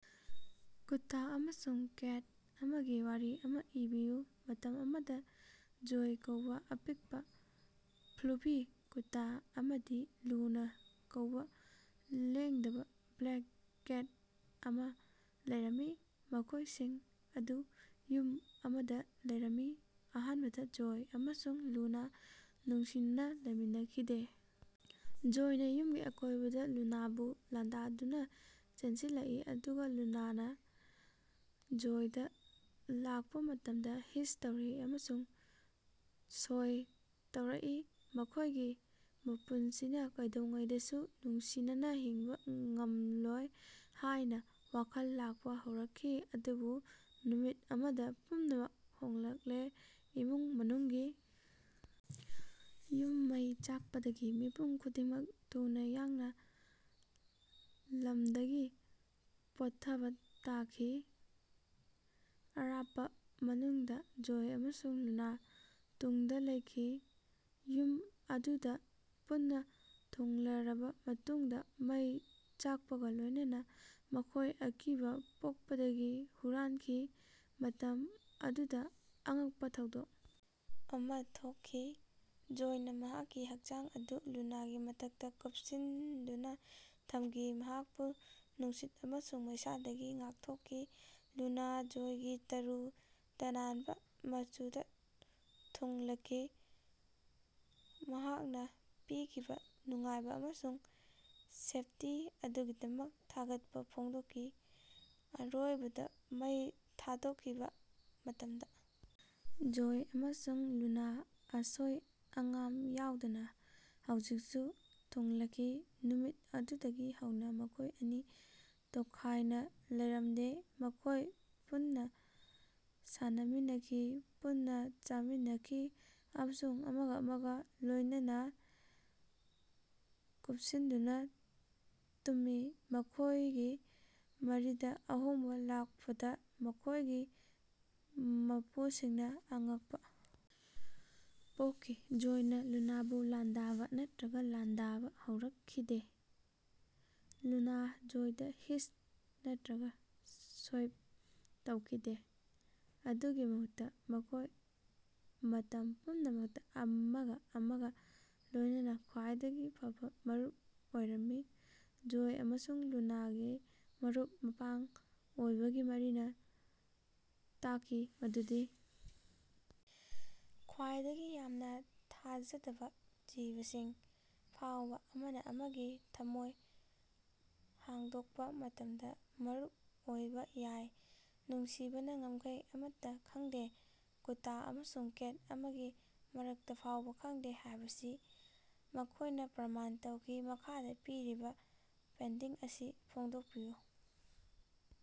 ꯀꯨꯠꯇ ꯑꯃꯁꯨꯡ ꯀꯦꯠ ꯑꯃꯒꯤ ꯋꯥꯔꯤ ꯑꯃ ꯏꯕꯤꯌꯨ꯫ ꯃꯇꯝ ꯑꯃꯗ ꯖꯣꯏ ꯀꯧꯕ ꯑꯄꯤꯛꯄ, ꯐ꯭ꯂꯨꯐꯤ ꯀꯨꯠꯇꯥ ꯑꯃꯗꯤ ꯂꯨꯅ ꯀꯧꯕ ꯂꯦꯡꯗꯕ ꯕ꯭ꯂꯦꯛ ꯀꯦꯠ ꯑꯃ ꯂꯩꯔꯝꯃꯤ, ꯃꯈꯣꯏꯁꯤꯡ ꯑꯗꯨ ꯌꯨꯝ ꯑꯃꯗ ꯂꯩꯔꯝꯃꯤ꯫ ꯑꯍꯥꯟꯕꯗ ꯖꯣꯏ ꯑꯃꯁꯨꯡ ꯂꯨꯅ ꯅꯨꯡꯁꯤꯅꯅ ꯂꯩꯃꯤꯟꯅꯈꯤꯗꯦ꯫ ꯖꯣꯏꯅ ꯌꯨꯝꯒꯤ ꯑꯀꯣꯏꯕꯗ ꯂꯨꯅꯥꯕꯨ ꯂꯥꯟꯗꯥꯗꯨꯅ ꯆꯦꯟꯁꯤꯜꯂꯛꯏ ꯑꯗꯨꯒ ꯂꯨꯅꯥꯅ ꯖꯣꯏꯗ ꯂꯥꯛꯄ ꯃꯇꯝꯗ ꯍꯤꯁ ꯇꯧꯔꯛꯏ ꯑꯃꯁꯨꯡ ꯁꯣꯏ ꯇꯧꯔꯛꯏ꯫ ꯃꯈꯣꯏꯒꯤ ꯃꯄꯨꯁꯤꯡꯅ ꯀꯩꯗꯧꯉꯩꯗꯁꯨ ꯅꯨꯡꯁꯤꯅꯅ ꯍꯤꯡꯕ ꯉꯝꯂꯣꯏ ꯍꯥꯏꯅ ꯋꯥꯈꯜ ꯂꯥꯛꯄ ꯍꯧꯔꯛꯈꯤ꯫ ꯑꯗꯨꯕꯨ ꯅꯨꯃꯤꯠ ꯑꯃꯗ ꯄꯨꯝꯅꯃꯛ ꯍꯣꯡꯂꯛꯂꯦ꯫ ꯏꯃꯨꯡ ꯃꯅꯨꯡꯒꯤ ꯌꯨꯝ ꯃꯩ ꯆꯥꯛꯄꯗꯒꯤ ꯃꯤꯄꯨꯝ ꯈꯨꯗꯤꯡꯃꯛ ꯊꯨꯅ ꯌꯥꯡꯅ ꯂꯝꯗꯒꯤ ꯄꯣꯠꯊꯥꯕ ꯇꯥꯈꯤ꯫ ꯑꯔꯥꯞꯄ ꯃꯅꯨꯡꯗ ꯖꯣꯏ ꯑꯃꯁꯨꯡ ꯂꯨꯅꯥ ꯇꯨꯡꯗ ꯂꯩꯈꯤ꯫ ꯌꯨꯝ ꯑꯗꯨꯗ ꯄꯨꯟꯅ ꯊꯨꯡꯂꯔꯕ ꯃꯇꯨꯡꯗ ꯃꯩ ꯆꯥꯛꯄꯒ ꯂꯣꯏꯅꯅ ꯃꯈꯣꯏ ꯑꯀꯤꯕ ꯄꯣꯛꯄꯗꯒꯤ ꯍꯨꯔꯥꯟꯈꯤ꯫ ꯃꯇꯝ ꯑꯗꯨꯗ ꯑꯉꯛꯄ ꯊꯧꯗꯣꯛ ꯑꯃ ꯊꯣꯛꯈꯤ꯫ ꯖꯣꯏꯅ ꯃꯍꯥꯛꯀꯤ ꯍꯛꯆꯥꯡ ꯑꯗꯨ ꯂꯨꯅꯥꯒꯤ ꯃꯊꯛꯇ ꯀꯨꯞꯁꯤꯟꯗꯨꯅ ꯊꯝꯈꯤ, ꯃꯍꯥꯛꯄꯨ ꯅꯨꯡꯁꯤꯠ ꯑꯃꯁꯨꯡ ꯃꯩꯁꯥꯗꯒꯤ ꯉꯥꯡꯊꯣꯛꯈꯤ꯫ ꯂꯨꯅꯥ ꯖꯣꯏꯒꯤ ꯇꯔꯨ ꯇꯅꯥꯟꯕ ꯃꯆꯨꯗ ꯊꯨꯡꯂꯈꯤ, ꯃꯍꯥꯛꯅ ꯄꯤꯈꯤꯕ ꯅꯨꯡꯉꯥꯏꯕ ꯑꯃꯁꯨꯡ ꯁꯦꯐꯇꯤ ꯑꯗꯨꯒꯤꯗꯃꯛ ꯊꯥꯒꯠꯄ ꯐꯣꯡꯗꯣꯛꯈꯤ꯫ ꯑꯔꯣꯏꯕꯗ ꯃꯩ ꯊꯥꯗꯣꯛꯈꯤꯕ ꯃꯇꯝꯗ ꯖꯣꯏ ꯑꯃꯁꯨꯡ ꯂꯨꯅ, ꯑꯁꯣꯏ ꯑꯉꯥꯝ ꯌꯥꯎꯗꯅ, ꯍꯧꯖꯤꯛꯁꯨ ꯊꯨꯡꯂꯈꯤ꯫ ꯅꯨꯃꯤꯠ ꯑꯗꯨꯗꯒꯤ ꯍꯧꯅ ꯃꯈꯣꯏ ꯑꯅꯤ ꯇꯣꯈꯥꯏꯅ ꯂꯩꯔꯝꯗꯦ꯫ ꯃꯈꯣꯏ ꯄꯨꯟꯅ ꯁꯥꯟꯅꯃꯤꯟꯅꯈꯤ, ꯄꯨꯟꯅ ꯆꯥꯃꯤꯟꯅꯈꯤ ꯑꯃꯁꯨꯡ ꯑꯃꯒ ꯑꯃꯒ ꯂꯣꯏꯅꯅ ꯀꯨꯞꯁꯤꯟꯗꯨꯅ ꯇꯨꯝꯃꯤ꯫ ꯃꯈꯣꯏꯒꯤ ꯃꯔꯤꯗ ꯑꯍꯣꯡꯕ ꯂꯥꯛꯄꯗ ꯃꯈꯣꯏꯒꯤ ꯃꯄꯨꯁꯤꯡꯅ ꯑꯉꯛꯄ ꯄꯣꯛꯈꯤ꯫ ꯖꯣꯏꯅ ꯂꯨꯅꯥꯕꯨ ꯂꯥꯟꯗꯥꯕ ꯅꯠꯇ꯭ꯔꯒ ꯂꯥꯟꯗꯥꯕ ꯍꯧꯔꯛꯈꯤꯗꯦ, ꯂꯨꯅꯥ ꯖꯣꯏꯗ ꯍꯤꯁ ꯅꯠꯇ꯭ꯔꯒ ꯁꯣꯏꯞ ꯇꯧꯈꯤꯗꯦ꯫ ꯃꯗꯨꯒꯤ ꯃꯍꯨꯠꯇ ꯃꯈꯣꯏ ꯃꯇꯝ ꯄꯨꯝꯅꯃꯛꯇ ꯑꯃꯒ ꯑꯃꯒ ꯂꯣꯏꯅꯅ ꯈ꯭ꯋꯥꯏꯗꯒꯤ ꯐꯕ ꯃꯔꯨꯞ ꯑꯣꯏꯔꯝꯃꯤ꯫ ꯖꯣꯏ ꯑꯃꯁꯨꯡ ꯂꯨꯅꯥꯒꯤ ꯃꯔꯨꯞ-ꯃꯄꯥꯡ ꯑꯣꯏꯕꯒꯤ ꯃꯔꯤꯅ ꯇꯥꯛꯈꯤ ꯃꯗꯨꯗꯤ ꯈ꯭ꯋꯥꯏꯗꯒꯤ ꯌꯥꯝꯅ ꯊꯥꯖꯗꯕ ꯖꯤꯕꯁꯤꯡ ꯐꯥꯎꯕ ꯑꯃꯅ ꯑꯃꯒꯤ ꯊꯝꯃꯣꯏ ꯍꯥꯡꯗꯣꯛꯄ ꯃꯇꯝꯗ ꯃꯔꯨꯞ ꯑꯣꯏꯕ ꯌꯥꯏ꯫ ꯅꯨꯡꯁꯤꯕꯅ ꯉꯝꯈꯩ ꯑꯃꯠꯇ ꯈꯪꯗꯦ, ꯀꯨꯠꯇ ꯑꯃꯁꯨꯡ ꯀꯦꯠ ꯑꯃꯒꯤ ꯃꯔꯛꯇ ꯐꯥꯎꯕ ꯈꯪꯗꯦ ꯍꯥꯏꯕꯁꯤ ꯃꯈꯣꯏꯅ ꯄ꯭ꯔꯃꯥꯟ ꯇꯧꯈꯤ꯫ ꯃꯈꯥꯗ ꯄꯤꯔꯤꯕ ꯄꯦꯟꯇꯤꯡ ꯑꯁꯤ ꯐꯣꯡꯗꯣꯛꯄꯤꯌꯨ꯫